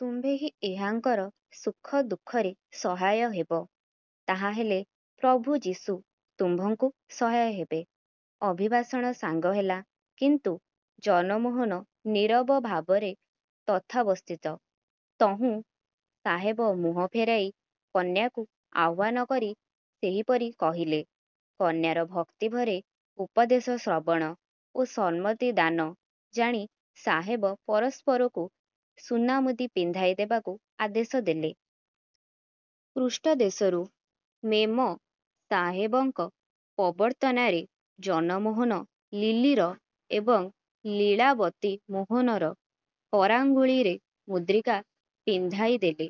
ତୁମ୍ଭେ ହିଁ ଏହାଙ୍କର ସୁଖ ଦୁଃଖରେ ସହାୟ ହେବ। ତାହାହେଲେ ପ୍ରଭୁ ଯୀଶୁ ତୁମ୍ଭଙ୍କୁ ସହାୟ ହେବେ। ଅଭିଭାଷଣ ସାଙ୍ଗ ହେଲା, କିନ୍ତୁ ଜନମୋହନ ନୀରବଭାବରେ ତଥାବସ୍ଥିତ। ତହୁଁ ସାହେବ ମୁହଁ ଫେରାଇ କନ୍ୟାକୁ ଆହ୍ୱାନ କରି ସେହିପରି କହିଲେ। କନ୍ୟାର ଭକ୍ତିଭରେ ଉପଦେଶ ଶ୍ରବଣ ଓ ସମ୍ମତିଦାନ ଜାଣି ସାହେବ ପରସ୍ପରକୁ ସୁନାମୁଦି ପିନ୍ଧାଇ ଦେବାକୁ ଆଦେଶ ଦେଲେ। ପୃଷ୍ଠଦେଶରୁ ମେମ ସାହେବଙ୍କ ପ୍ରବର୍ତ୍ତନାରେ ଜନମୋହନ ଲିଲିର ଏବଂ ଲୀଳାବତୀ ମୋହନର କରାଙ୍ଗୁଳିରେ ମୁଦ୍ରିକା ପିନ୍ଧାଇଦେଲେ।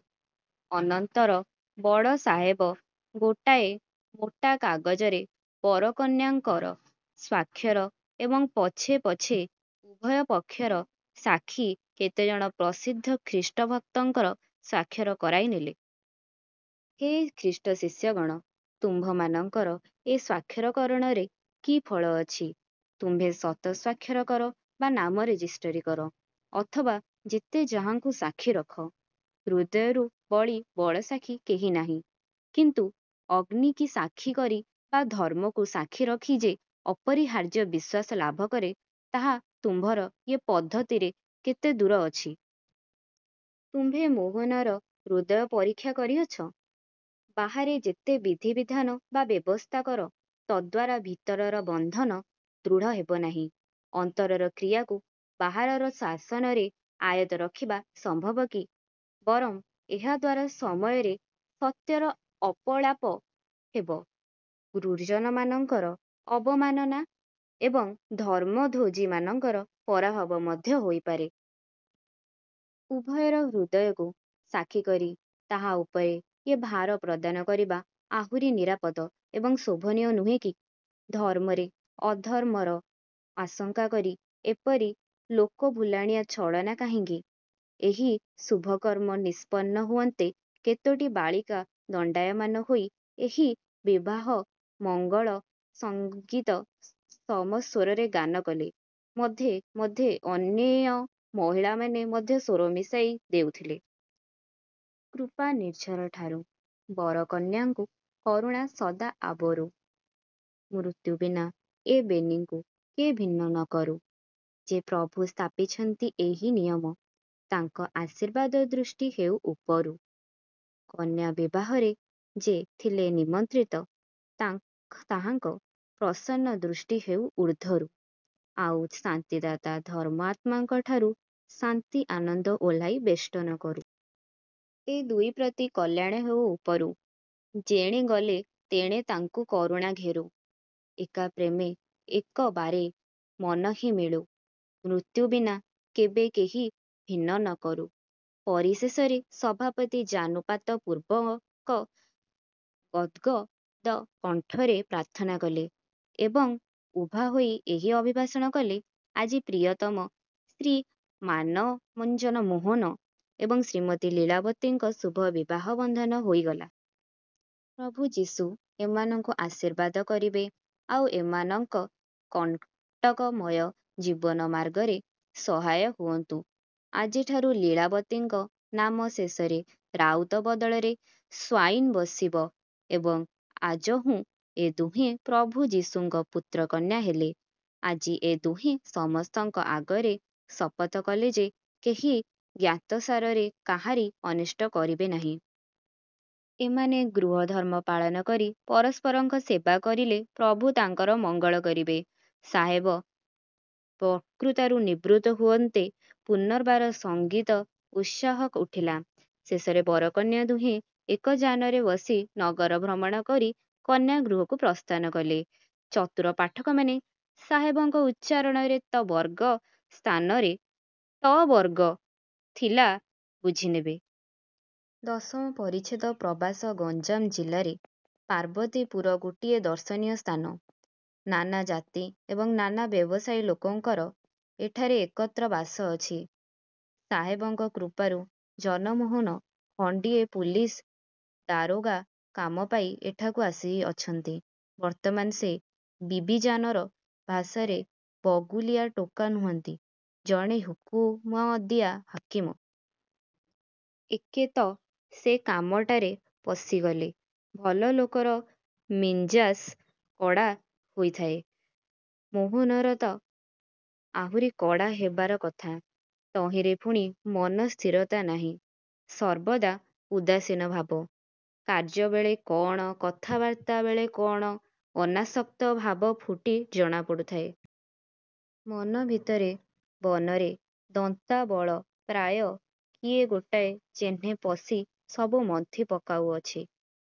ଅନନ୍ତର ବଡ଼ ସାହେବ ଗୋଟାଏ ମୋଟା କାଗଜରେ ବର କନ୍ୟାଙ୍କର ସ୍ୱାକ୍ଷର ଏବଂ ପଛେ ପଛେ ଉଭୟ ପକ୍ଷର ସାକ୍ଷୀ କେତେଜଣ ପ୍ରସିଦ୍ଧ ଖ୍ରୀଷ୍ଟଭକ୍ତଙ୍କର ସ୍ୱାକ୍ଷର କରାଇ ନେଲେ। ହେ ଖ୍ରୀଷ୍ଟଶିଷ୍ୟଗଣ! ତୁମ୍ଭମାନଙ୍କର ଏ ସ୍ୱାକ୍ଷରକରଣରେ କି ଫଳ ଅଛି? ତୁମ୍ଭେ ଶତ ସ୍ୱାକ୍ଷର କର ବା ନାମ ରେଜିଷ୍ଟରୀ କର ଅଥବା ଯେତେ ଯାହାଙ୍କୁ ସାକ୍ଷୀ ରଖ, ହୃଦୟରୁ ବଳି ବଡ଼ ସାକ୍ଷୀ କେହି ନାହିଁ ହିନ୍ଦୁ ଅଗ୍ନି କି ସାକ୍ଷୀ କରି ବା ଧର୍ମକୁ ସାକ୍ଷୀ ରଖି ଯେ ଅପରିହାର୍ଯ୍ୟ ବିଶ୍ୱାସ ଲାଭ କରେ, ତାହା ତୁମ୍ଭର ଏ ପଦ୍ଧତିରେ କେତେଦୂର ଅଛି।? ତୁମ୍ଭେ ମୋହନର ହୃଦୟ ପରୀକ୍ଷା କରିଅଛ? ବାହାରେ ଯେତେ ବିଧିବିଧାନ ବା ବ୍ୟବସ୍ଥା କର, ତଦ୍ଦ୍ୱାରା ଭିତରର ବନ୍ଧନ ଦୃଢ଼ ହେବ ନାହିଁ। ଅନ୍ତରର କ୍ରିୟାକୁ ବାହାରର ଶାସନରେ ଆୟତ୍ତ ରଖିବା ସମ୍ଭବ କି? ବରଂ ଏହାଦ୍ୱାରା ସମୟରେ ସତ୍ୟର ଅପଳାପ ହେବ। ଗୁରୁଜନମାନଙ୍କର ଅବମାନନା ଏବଂ ଧର୍ମଧ୍ୱଜିମାନଙ୍କର ପରାଭବ ମଧ୍ୟ ହୋଇ ପାରେ। ଉଭୟର ହୃଦୟକୁ ସାକ୍ଷୀ କରି ତାହା ଉପରେ ଏ ଭାର ପ୍ରଦାନ କରିବା ଆହୁରି ନିରାପଦ ଏବଂ ଶୋଭନୀୟ ନୁହେଁ କି? ଧର୍ମରେ ଅଧର୍ମର ଆଶଙ୍କା କରି ଏପରି ଲୋକଭୁଲାଣିଆ ଛଳନା କାହିଁକି? ଏହି ଶୁଭକର୍ମ ନିଷ୍ପନ୍ନ ହୁଅନ୍ତେ କେତୋଟି ବାଳିକା ଦଣ୍ଡାୟମାନା ହୋଇ ଏହି ବିବାହମଙ୍ଗଳସଙ୍ଗୀତ ସମସ୍ୱରରେ ଗାନ କଲେ, ମଧ୍ୟେ ମଧ୍ୟେ ଅନ୍ୟ ମହିଳାମାନେ ମଧ୍ୟ ସ୍ୱର ମିଶାଇ ଦେଉଥିଲେ। କୃପାନିର୍ଝରଠାରୁ। ବର କନ୍ୟାଙ୍କୁ କରୁଣା ସଦା ଆବରୁ। ମୃତ୍ୟୁ ବିନା ଏ ବେନିଙ୍କୁ କେ ଭିନ୍ନ ନ କରୁ। ଯେଉଁ ପ୍ରଭୁ ସ୍ଥାପିଛନ୍ତି ଏହି ନିୟମ, ତାଙ୍କ ଆଶୀର୍ବାଦଦୃଷ୍ଟି ହେଉ ଉପରୁ। କନ୍ୟା ବିବାହରେ ଯେ ଥିଲେ ନିମନ୍ତ୍ରିତ, ତାହାଙ୍କ ପ୍ରସନ୍ନଦୃଷ୍ଟି ହେଉ ଊର୍ଦ୍ଧ୍ୱରୁ। ଆଉ ଶାନ୍ତି ଦାତା ଧର୍ମ-ଆତ୍ମାଙ୍କଠାରୁ ଶାନ୍ତି ଆନନ୍ଦ ଓହ୍ଲାଇ ବେଷ୍ଟନ କରୁ। ଏ ଦୁଇ ପ୍ରତି କଲ୍ୟାଣ ହେଉ ଉପରୁ, ଯେଣେ ଗଲେ ତେଣେ ତାଙ୍କ କରୁଣା ଘେରୁ। ଏକାପ୍ରେମେ ଏକବାରେ ମନହିଁ ମିଳୁ, ମୃତ୍ୟୁ ବିନା କେବେ କେହି ଭିନ୍ନ ନକରୁ। ପରିଶେଷରେ ସଭାପତି ଜାନୁପାତପୂର୍ବକ ଗଦ୍ଗଦକଣ୍ଠରେ ପ୍ରାର୍ଥନା କଲେ ଏବଂ ଉଭା ହୋଇ ଏହି ଅଭିଭାଷଣ କଲେ- ''ଆଜି ପ୍ରିୟତମ ଶ୍ରୀମାନ୍ଜନମୋହନ ଏବଂ ଶ୍ରୀମତୀ ଲୀଳାବତୀଙ୍କର ଶୁଭବିବାହବନ୍ଧନ ହୋଇଗଲା। ପ୍ରଭୁ ଯୀଶୁ ଏମାନଙ୍କୁ ଆଶୀର୍ବାଦ କରିବେ ଆଉ ଏମାନଙ୍କ କଣ୍ଟକମୟ ଜୀବନମାର୍ଗରେ ସହାୟ ହୁଅନ୍ତୁ। ଆଜିଠାରୁ ଲୀଳାବତୀଙ୍କ ନାମ ଶେଷରେ ରାଉତ ବଦଳରେ ସ୍ୱାଇନ୍ ବସିବ ଏବଂ ଆଜହୁଁ ଏ ଦୁହେଁ ପ୍ରଭୁ ଯୀଶୁଙ୍କର ପୁତ୍ର କନ୍ୟା ହେଲେ। ଆଜି ଏ ଦୁହେଁ ସମସ୍ତଙ୍କ ଆଗରେ ଶପଥ କଲେ ଯେ, କେହି ଜ୍ଞାତସାରରେ କାହାରି ଅନିଷ୍ଟ କରିବେ ନାହିଁ। ଏମାନେ ଗୃହଧର୍ମ ପାଳନ କରି ପରସ୍ପରଙ୍କ ସେବା କରିଲେ ପ୍ରଭୁ ତାଙ୍କର ମଙ୍ଗଳ କରିବେ। '' ସାହେବ ବକ୍ତୃତାରୁ ନିବୃତ୍ତ ହୁଅନ୍ତେ ପୁନର୍ବାର ସଙ୍ଗୀତ-ଉଚ୍ଛ୍ୱାସ ଉଠିଲା। ଶେଷରେ ବର-କନ୍ୟା ଦୁହେଁ ଏକ ଯାନରେ ବସି ନଗର ଭ୍ରମଣ କରି କନ୍ୟା ଗୃହକୁ ପ୍ରସ୍ଥାନ କଲେ। ଚତୁର ପାଠକମାନେ- ସାହେବଙ୍କ ଉଚ୍ଚାରଣରେ ତ ବର୍ଗ ସ୍ଥାନରେ ଟ ବର୍ଗ ଥିଲା ବୁଝିନେବେ। ଦଶମ ପରିଚ୍ଛେଦ ପ୍ରବାସ ଗଞ୍ଜାମ ଜିଲ୍ଲାରେ ପାର୍ବତୀପୁର ଗୋଟିଏ ଦର୍ଶନୀୟ ସ୍ଥାନ। ନାନା ଜାତି ଏବଂ ନାନା ବ୍ୟବସାୟୀ ଲୋକଙ୍କର ଏଠାରେ ଏକତ୍ର ବାସ ଅଛି। ସାହେବଙ୍କ କୃପାରୁ ଜନମୋହନ ଖଣ୍ତିଏ ପୁଲିସ ଦାରୋଗା କାମ ପାଇ ଏଠାକୁ ଆସିଅଛନ୍ତି। ବର୍ତ୍ତମାନ ସେ ବିବିଜାନର ଭାଷାରେ ବଗୁଲିଆ ଟୋକା ନୁହନ୍ତି ଜଣେ ହୁକୁମଦିଆ ହାକିମ। ଏକେ ତ ସେ କାମଟାରେ ପଶିଗଲେ ଭଲ ଲୋକର ମିଞ୍ଜାସ କଡ଼ା ହୋଇଥାଏ। ମୋହନର ତ ଆହୁରି କଡ଼ା ହେବାର କଥା। ତହିଁରେ ପୁଣି ମନର ସ୍ଥିରତା ନାହିଁ ସର୍ବଦା ଉଦାସୀନ ଭାବ। କାର୍ଯ୍ୟବେଳେ କଣ, କଥାବାର୍ତ୍ତା ବେଳେ କଣ, ଅନାସକ୍ତ ଭାବ ଫୁଟି ଜଣା ପଡ଼ୁଥାଏ। ମନଭିତରେ ବନରେ ଦନ୍ତାବଳ ପ୍ରାୟ କିଏ ଗୋଟାଏ ଯେହ୍ନେ ପଶି ସବୁ ମନ୍ଥି ପକାଉଅଛି।